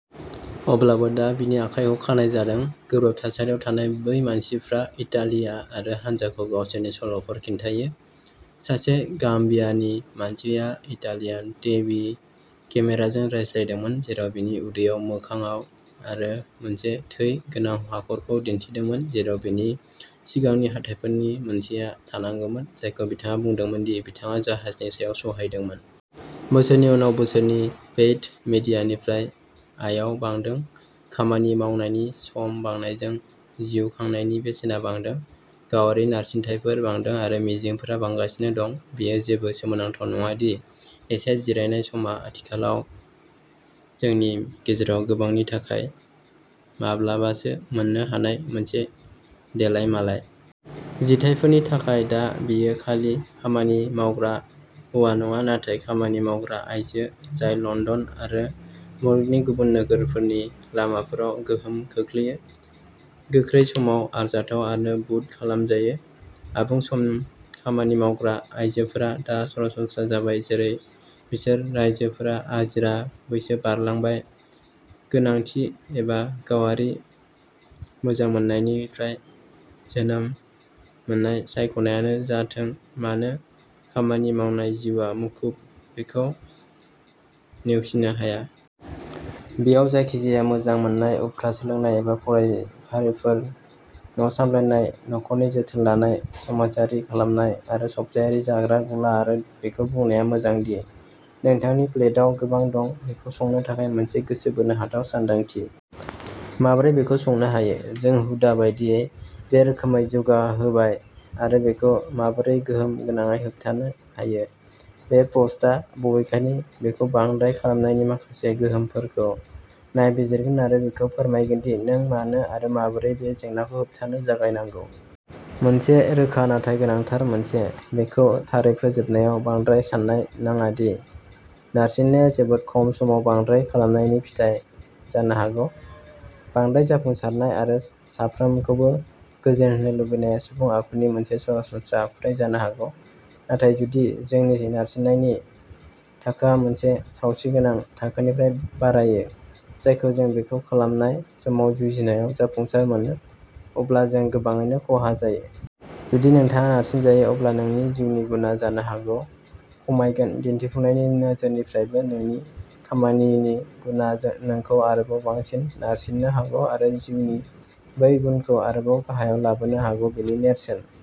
" अब्लाबो दा, बिनि आखाइखौ खानाय जादों। गोब्राब थासारियाव थानाय बै मानसिफ्रा इटालिया आरो हानजाखौ गावसोरनि सल'फोर खिन्थायो। सासे गाम्बियानि मानसिया इटालियान टिभि केमेराजों रायज्लायदोंमोन, जेराव बिनि उदैयाव, मोखांआव आरो मोनसे थै गोनां हाखरखौ दिन्थिदोंमोन जेराव बिनि सिगांनि हाथाइफोरनि मोनसेआ थानांगौमोन, जायखौ बिथाङा बुंदोंमोन दि बिथाङा जाहाजनि समाव सहायदोंमोन। बोसोरनि उनाव बोसोरनि पेइड मिडियानिफ्राय आयाव बांदों। खामानि मावनायनि सम बांनायजों, जिउ खांनायनि बेसेना बांदों, गावारि नारसिनथायफोर बांदों आरो मिजिंफोरा बांगासिनो दं, बेयो जेबो सोमोनांथाव नङा दि एसे जिरायनाय समआ आथिखालाव जोंनि गेजेराव गोबांनि थाखाय माब्लाबासो मोननो हानाय मोनसे देलायमालाय। जिथायफोरनि थाखाय दा बेयो खालि खामानि मावग्रा हौवा नङा, नाथाय खामानि मावग्रा आइजो जाय लन्दन आरो मुलुगनि गुबुन नोगोरफोरनि लामाफोराव गोहोम खोख्लैयो, गोख्रै समाव आरजाथाव आरो बुट खालामजायो। आबुं सम खामानि मावग्रा आइजोफोरा दा सरासनस्रा जाबाय जेरै बिसोर जायफोरा आजिरा बैसो बारलांबाय; गोनांथि एबा गावारि मोजां मोननायनिफ्राय जोनोम मोननाय सायख'नायानो जाथों मानो, खामानि मावनाय जिउआ मुखुब बेखौ नेवसिनो हाया। बेयाव जायखिजाया मोजां मोननाय, उफ्रा सोलोंनाय एबा फरायफारिफोर, न'सामलायनाय, नखरनि जोथोन लानाय, समाजारि खालामनाय आरो सप्तायारि जाग्रा गला आरो बेखौ बुंनाया मोजां दि नोंथांनि प्लेटाव गोबां दं। बेखौ संनो थाखाय मोनसे गोसो बोनो हाथाव सानदांथि। माबोरै बेखौ संनो हायो। जों हुदा बायदियै बे रोखोमै जौगाहोबाय आरो बेखौ माबोरै गोहोम गोनाङै होबथानो हायो, बे पस्टआ बबेखानि बेखौ "बांद्राय" खालामनायनि माखासे गोहोमफोरखौ नायबिजिरगोन आरो बेखौ फोरमायगोन दि नों मानो आरो माबोरै बे जेंनाखौ होबथानो जागायनांगौ। मोनसे रोखा नाथाय गोनांथार मोनसे। बेखौ थारै फोजोबनायाव बांद्राय सान्नाय नाङा दि नारसिननाया जोबोद खम समाव बांद्राय खालामनायनि फिथाय जानो हागौ। बांद्राय जाफुंसारनाय आरो साफ्रोमखौबो गोजोनहोनो लुबैनाया सुबुं आखुनि मोनसे सरासनस्रा आखुथाइ जानो हागौ, नाथाय जुदि जोंनि नारसिननायनि थाखोआ मोनसे सावस्रिगोनां थाखोनिफ्राय बारायो जायखौ जों बेखौ खालामनाय समाव जुजिनायाव जाफुंसार मोनो, अब्ला जों गोबाङैनो खहा जायो। जुदि नोंथाङा नारसिनजायो अब्ला नोंनि जिउनि गुनआ जानो हागौ खमायगोन। दिन्थिफुंनायनि नोजोरनिफ्रायबो नोंनि खामानिनि गुनआ नोंखौ आरोबाव बांसिन नारसिननो हागौ आरो जिउनि बै गुनखौ आरोबाव गाहायाव लाबोनो हागौ-बेनि नेरसोन।